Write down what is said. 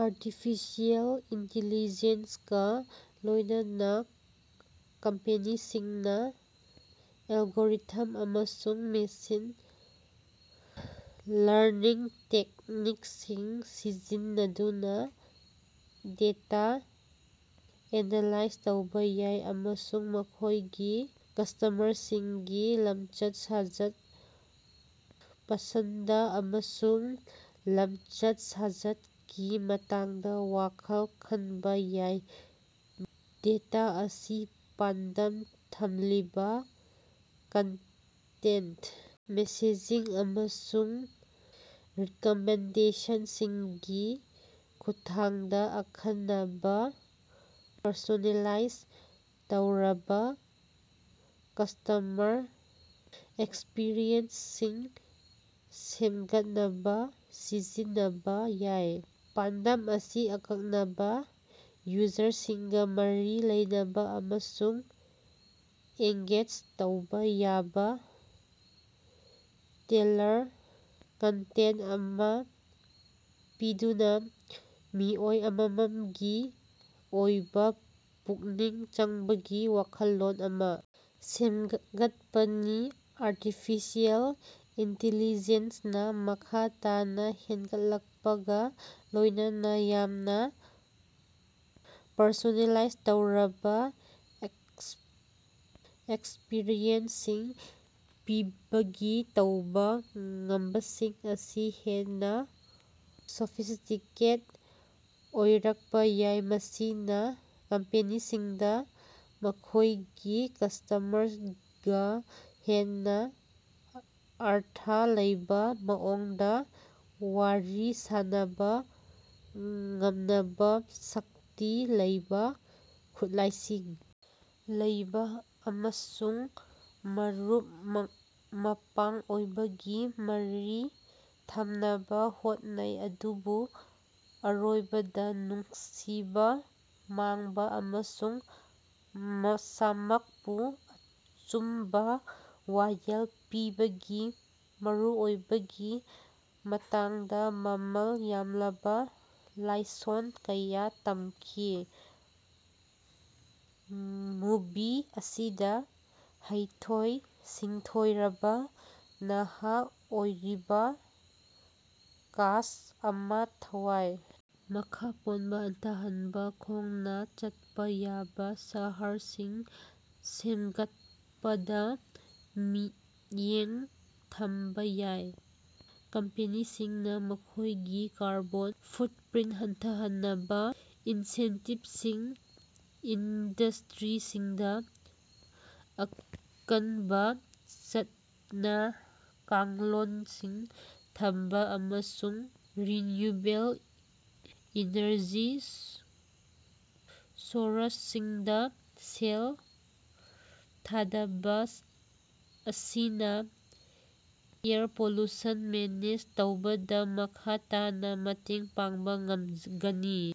Artificial intelligence ꯀ ꯂꯣꯏꯅꯅꯥ ꯀꯝꯄꯦꯅꯤꯁꯤꯡꯅꯥ ꯑꯦꯜꯒꯣꯔꯤꯊꯝ ꯑꯃꯁꯨꯡ ꯃꯦꯁꯤꯟ ꯂꯔꯅꯤꯡ ꯇꯦꯛꯅꯤꯛꯁꯤꯡ ꯁꯤꯖꯤꯟꯅꯗꯨꯅꯥ ꯗꯦꯇꯥ ꯑꯦꯅꯥꯂꯥꯏꯖ ꯇꯧꯕꯥ ꯌꯥꯏ ꯑꯃꯁꯨꯡ ꯃꯈꯣꯏꯒꯤ ꯀꯁꯇꯃꯔꯁꯤꯡꯒꯤ ꯂꯝꯆꯠ ꯁꯥꯖꯠ ꯄꯁꯟꯗ ꯑꯃꯁꯨꯡ ꯂꯝꯆꯠ ꯁꯥꯖꯠꯀꯤ ꯃꯇꯥꯡꯗꯥ ꯋꯥꯈꯜ ꯈꯟꯕꯥ ꯌꯥꯏ꯫ ꯗꯦꯇꯥ ꯑꯁꯤ ꯄꯥꯟꯗꯝ ꯊꯝꯂꯤꯕꯥ ꯀꯟꯇꯦꯟꯠ ꯃꯦꯁꯦꯖꯤꯡ ꯑꯃꯁꯨꯡ ꯔꯤꯀꯃꯦꯟꯗꯦꯁꯟꯁꯤꯡꯒꯤ ꯈꯨꯠꯊꯥꯡꯗꯥ ꯑꯈꯟꯅꯕꯥ ꯄꯔꯁꯣꯅꯦꯂꯥꯏꯖ ꯇꯧꯔꯕꯥ ꯀꯁꯇꯃꯔ ꯑꯦꯛꯁꯄꯤꯔꯤꯑꯦꯟꯁꯁꯤꯡ ꯁꯦꯝꯒꯠꯅꯕꯥ ꯁꯤꯖꯤꯟꯅꯕꯥ ꯌꯥꯏ꯫ ꯄꯥꯟꯗꯝ ꯑꯁꯤ ꯑꯀꯛꯅꯕꯥ ꯌꯨꯖꯔꯁꯤꯡꯒꯥ ꯃꯔꯤ ꯂꯩꯅꯕꯥ ꯑꯃꯁꯨꯡ ꯑꯦꯡꯒꯦꯖ ꯇꯧꯕꯥ ꯌꯥꯕꯥ ꯇꯦꯜꯂꯔ ꯀꯟꯇꯦꯟꯠ ꯑꯃꯥ ꯄꯤꯗꯨꯅꯥ ꯃꯤꯑꯣꯏ ꯑꯃꯃꯝꯒꯤ ꯑꯣꯏꯕꯥ ꯄꯨꯛꯅꯤꯡ ꯆꯪꯕꯒꯤ ꯋꯥꯈꯜꯂꯣꯟ ꯑꯃꯥ ꯁꯦꯝꯒꯠꯄꯅꯤ꯫ ꯑꯥꯔꯇꯤꯐꯤꯁꯤꯌꯦꯜ ꯏꯟꯇꯤꯂꯤꯖꯦꯟꯁꯅꯥ ꯃꯈꯥ ꯇꯥꯅꯥ ꯍꯦꯟꯒꯠꯂꯛꯄꯒꯥ ꯂꯣꯏꯅꯅꯥ ꯌꯥꯝꯅꯥ ꯄꯔꯁꯣꯅꯦꯂꯥꯏꯖ ꯇꯧꯔꯕꯥ ꯑꯦꯛꯁꯄꯔꯤꯌꯦꯟꯁꯁꯤꯡ ꯄꯤꯕꯒꯤ ꯇꯧꯕꯥ ꯉꯝꯕꯁꯤꯡ ꯑꯁꯤ ꯍꯦꯟꯅꯥ ꯁꯣꯐꯤꯁ꯭ꯇꯤꯀꯦꯠ ꯑꯣꯏꯔꯛꯄꯥ ꯌꯥꯏ ꯃꯁꯤꯅꯥ ꯀꯝꯄꯦꯅꯤꯁꯤꯡꯗꯥ ꯃꯈꯣꯏꯒꯤ ꯀꯁꯇꯃꯔꯒꯥ ꯍꯦꯟꯅꯥ ꯑꯔꯊ ꯂꯩꯕꯥ ꯃꯑꯣꯡꯗꯥ ꯋꯥꯔꯤ ꯁꯥꯟꯅꯕꯥ ꯉꯝꯅꯕꯥ ꯁꯛꯇꯤ ꯂꯩꯕꯥ ꯈꯨꯠꯂꯥꯏꯁꯤꯡ ꯂꯩꯕꯥ ꯑꯃꯁꯨꯡ ꯃꯔꯨꯞ ꯃꯄꯥꯡ ꯑꯣꯏꯕꯒꯤ ꯃꯔꯤ ꯊꯝꯅꯕꯥ ꯍꯣꯠꯅꯩ ꯑꯗꯨꯕꯨ ꯑꯔꯣꯏꯕꯗꯥ ꯅꯨꯡꯁꯤꯕꯥ ꯃꯥꯡꯕꯥ ꯑꯃꯁꯨꯡ ꯃꯁꯥꯃꯛꯄꯨ ꯑꯆꯨꯝꯕꯥ ꯋꯥꯌꯦꯜ ꯄꯤꯕꯒꯤ ꯃꯔꯨꯑꯣꯏꯕꯒꯤ ꯃꯇꯥꯡꯗꯥ ꯃꯃꯜ ꯌꯥꯝꯂꯕꯥ ꯂꯥꯏꯁꯣꯟ ꯀꯌꯥ ꯇꯝꯈꯤ꯫ ꯃꯨꯚꯤ ꯑꯁꯤꯗꯥ ꯍꯩꯊꯣꯏ ꯁꯤꯡꯊꯣꯏꯔꯕꯥ ꯅꯍꯥ ꯑꯣꯏꯔꯤꯕꯥ ꯀꯥꯁ꯭ꯠ ꯑꯃꯥ ꯊꯋꯥꯏ ꯃꯈꯥ ꯄꯣꯟꯕꯥ ꯍꯟꯊꯍꯟꯅꯕꯥ ꯈꯣꯡꯅꯥ ꯆꯠꯄꯥ ꯌꯥꯕꯥ ꯁꯍꯔꯁꯤꯡ ꯁꯦꯝꯒꯠꯄꯗꯥ ꯃꯤꯠꯌꯦꯡ ꯊꯝꯕꯥ ꯌꯥꯏ꯫ ꯀꯝꯄꯦꯅꯤꯁꯤꯡꯅꯥ ꯃꯈꯣꯏꯒꯤ ꯀꯥꯔꯕꯣꯟ ꯐꯨꯠꯄ꯭ꯔꯤꯟꯠ ꯍꯟꯊꯍꯟꯅꯕꯥ ꯏꯟꯁꯦꯟꯇꯤꯕꯁꯤꯡ ꯏꯟꯗꯁꯇ꯭ꯔꯤꯁꯤꯡꯗꯥ ꯑꯀꯟꯕꯥ ꯆꯠꯅ ꯀꯥꯡꯂꯣꯟꯁꯤꯡ ꯊꯝꯕꯥ ꯑꯃꯁꯨꯡ ꯔꯤꯅ꯭ꯌꯨꯑꯦꯕꯜ ꯏꯅꯔꯖꯤ ꯁꯣꯔꯁꯁꯤꯡꯗꯥ ꯁꯦꯜ ꯊꯥꯗꯕꯥ ꯑꯁꯤꯅꯥ ꯑꯦꯌꯔ ꯄꯣꯂꯨꯁꯟ ꯃꯦꯅꯦꯖ ꯇꯧꯕꯗꯥ ꯃꯈꯥ ꯇꯥꯅꯥ ꯃꯇꯦꯡ ꯄꯥꯡꯕꯥ ꯉꯝꯒꯅꯤ꯫